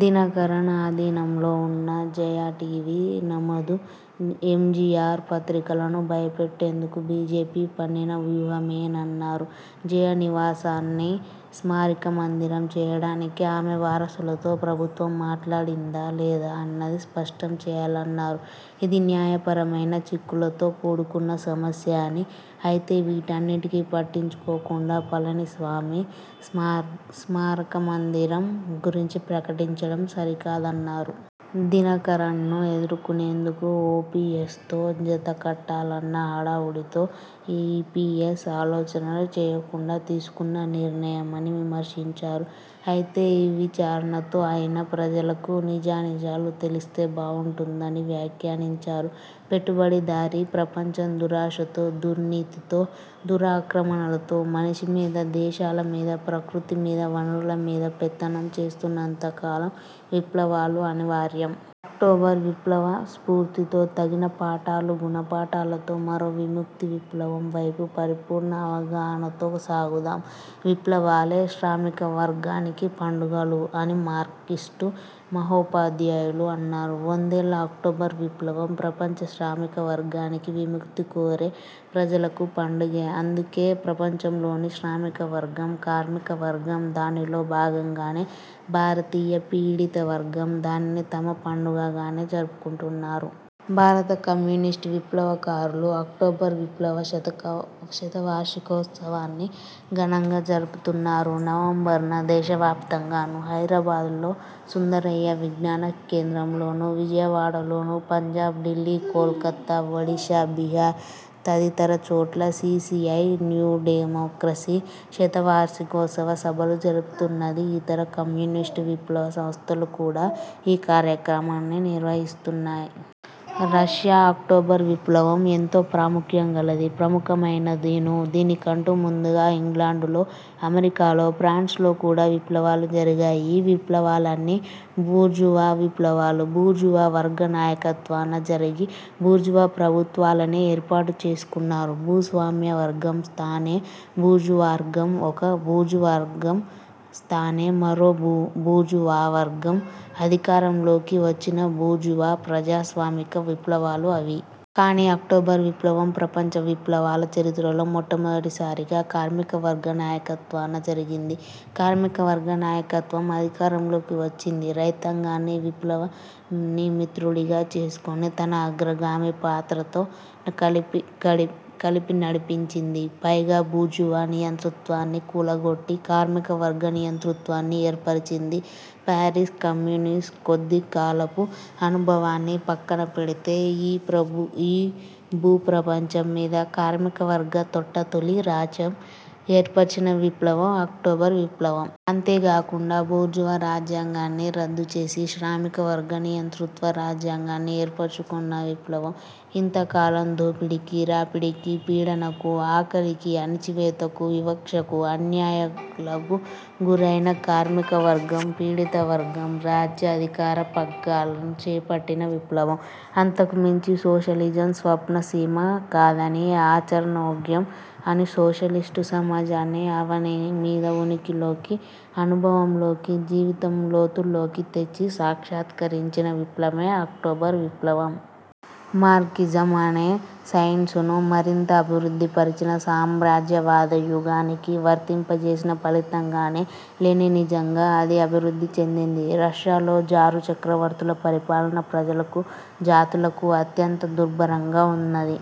దినకరన్ ఆధీనంలో వున్న జయా టీవీ, నమదు ఎంజీఆర్ పత్రికలను భయపెట్టేందుకు బీజేపీ పన్నిన వ్యూహమేనన్నారు. జయ నివాసాన్ని స్మారకమందిరం చేయడానికి ఆమె వారసులతో ప్రభుత్వం మాట్లాడిందా లేదా అన్నది స్పష్టం చేయాలన్నారు. ఇది న్యాయపరమైన చిక్కులతో కూడుకున్న సమస్య అని, అయితే వీటన్నింటినీ పట్టించుకోకుండా పళనిస్వామి స్మారకమందిరం గురించి ప్రకటించడం సరికాదన్నారు. దినకరన్ను ఎదుర్కొనేందుకు ఓపీఎస్తో జత కట్టాలన్న హడావుడిలో ఈపీఎస్ ఆలోచన చేయకుండా తీసుకున్న నిర్ణయమని విమర్శించారు. అయితే ఈ విచారణతో అయినా ప్రజలకు నిజానిజాలు తెలిస్తే బావుంటుందని వ్యాఖ్యానించారు. పెట్టుబడిదారీ ప్రపంచం దురాశతో, దుర్నీతితో, దురాక్రమణలతో మనిషి మీద, దేశాల మీద, ప్రకృతి మీద, వనరుల మీద పెత్తనం చేస్తున్నంత కాలం విప్లవాలు అనివార్యం. అక్టోబరు విప్లవ స్ఫూర్తితో, తగిన పాఠాలు, గుణపాఠాలతో మరో విముక్తి విప్లవం వైపు పరిపూర్ణ అవగాహనతో సాగుదాం. విప్లవాలే శ్రామిక వర్గానికి పండుగలు అని మార్క్సిస్టు మహోపాధ్యాయులు అన్నారు. వందేళ్ళ అక్టోబర్ విప్లవం ప్రపంచ శ్రామిక వర్గానికి, విముక్తి కోరే ప్రజలకు పండుగే. అందుకే ప్రపంచంలోని శ్రామికవర్గం, కార్మికవర్గం, దానిలో భాగంగానే భారతీయ పీడిత వర్గం దానిని తమ పండుగగానే జరుపుకుంటున్నారు. భారత కమ్యూనిస్టు విప్లవకారులు అక్టోబరు విప్లవ శతవార్షికోత్సవాన్ని ఘనంగా జరుపుతున్నారు. నవంబర్ న దేశవ్యాప్తంగానూ, హైదరాబాద్లో సుందరయ్య విజ్ఞాన కేంద్రంలోనూ, విజయవాడలోనూ, పంజాబ్, ఢిల్లీ, కోల్కత్తా, ఒడిశా, బీహార్ తదితర చోట్ల సీపీఐ న్యూడెమోక్రసీ శతవార్షికోత్సవ సభలు జరుపుతున్నది. యితర కమ్యూనిస్టు విప్లవ సంస్థలు కూడా యీ కార్యక్రమాన్ని నిర్వహిస్తున్నాయి. రష్యా అక్టోబర్ విప్లవం ఎంతో ప్రాముఖ్యం గలదీ ప్రముఖమైనదీనూ. దీనికంటే ముందుగా ఇంగ్లాండులో, అమెరికాలో, ఫ్రాన్సులో కూడా విప్లవాలు జరిగాయి. ఈ విప్లవాలన్నీ బూర్జువా విప్లవాలు. బూర్జువా వర్గ నాయకత్వాన జరిగి, బూర్జువా ప్రభుత్వాలనే ఏర్పాటు చేసుకున్నారు. భూస్వామ్యవర్గం స్థానే బూర్జువావర్గం, ఒక బూర్జువావర్గం స్థానే మరో బూర్జువావర్గం అధికారంలోకి వచ్చిన బూర్జువా ప్రజాస్వామిక విప్లవాలు అవి. కానీ, అక్టోబర్ విప్లవం ప్రపంచ విప్లవాల చరిత్రలో మొట్టమొదటిసారిగా కార్మిక వర్గ నాయకత్వాన జరిగింది. కార్మికవర్గ నాయకత్వం అధికారంలోకి వచ్చింది. రైతాంగాన్ని విప్లవాన్ని మిత్రుడిగా చేసుకొని తన అగ్రగామి పాత్రతో కలిపి నడిపించింది. పైగా బూర్జువా నియంతృత్వాన్ని కూలగొట్టి, కార్మికవర్గ నియంతృత్వాన్ని ఏర్పరిచింది. పారిస్ కమ్యూన్ కొద్దికాలపు అనుభవాన్ని పక్కనపెడితే, యీ భూ ప్రపంచం మీద కార్మికవర్గ తొట్ట తొలి రాజ్యం ఏర్పరిచిన విప్లవం అక్టోబర్ విప్లవం. అంతేగాకుండా బూర్జువా రాజ్యాంగాన్ని రద్దు చేసి, శ్రామికవర్గ నియంతృత్వ రాజ్యాంగాన్ని ఏర్పరుచుకొన్న విప్లవం. ఇంతకాలం దోపిడికి, రాపిడికి, పీడనకు, ఆకలికి, అణచివేతకు, వివక్షకు, అన్యాయాలకు గురైన కార్మికవర్గం, పీడితవర్గం రాజ్యాధికార పగ్గాలను చేపట్టిన విప్లవం. అంతకుమించి సోషలిజం స్వప్న సీమ కాదని, ఆచరణయోగ్యం అని సోషలిస్టు సమాజాన్ని అవని మీద ఉనికిలోకీ, అనుభవంలోకీ, జీవితం లోతుల్లోకీ తెచ్చి, సాక్షాత్కరించిన విప్లవమే అక్టోబర్ విప్లవం. మార్క్సిజం అనే సైన్సును మరింత అభివృద్ధిపరిచి, సామ్రాజ్యవాద యుగానికి వర్తింపచేసిన ఫలితంగానే లెనినిజంగా అది అభివృద్ధి చెందింది. రష్యాలో జారు చక్రవర్తుల పరిపాలన ప్రజలకు, జాతులకు అత్యంత దుర్భరంగా వున్నది.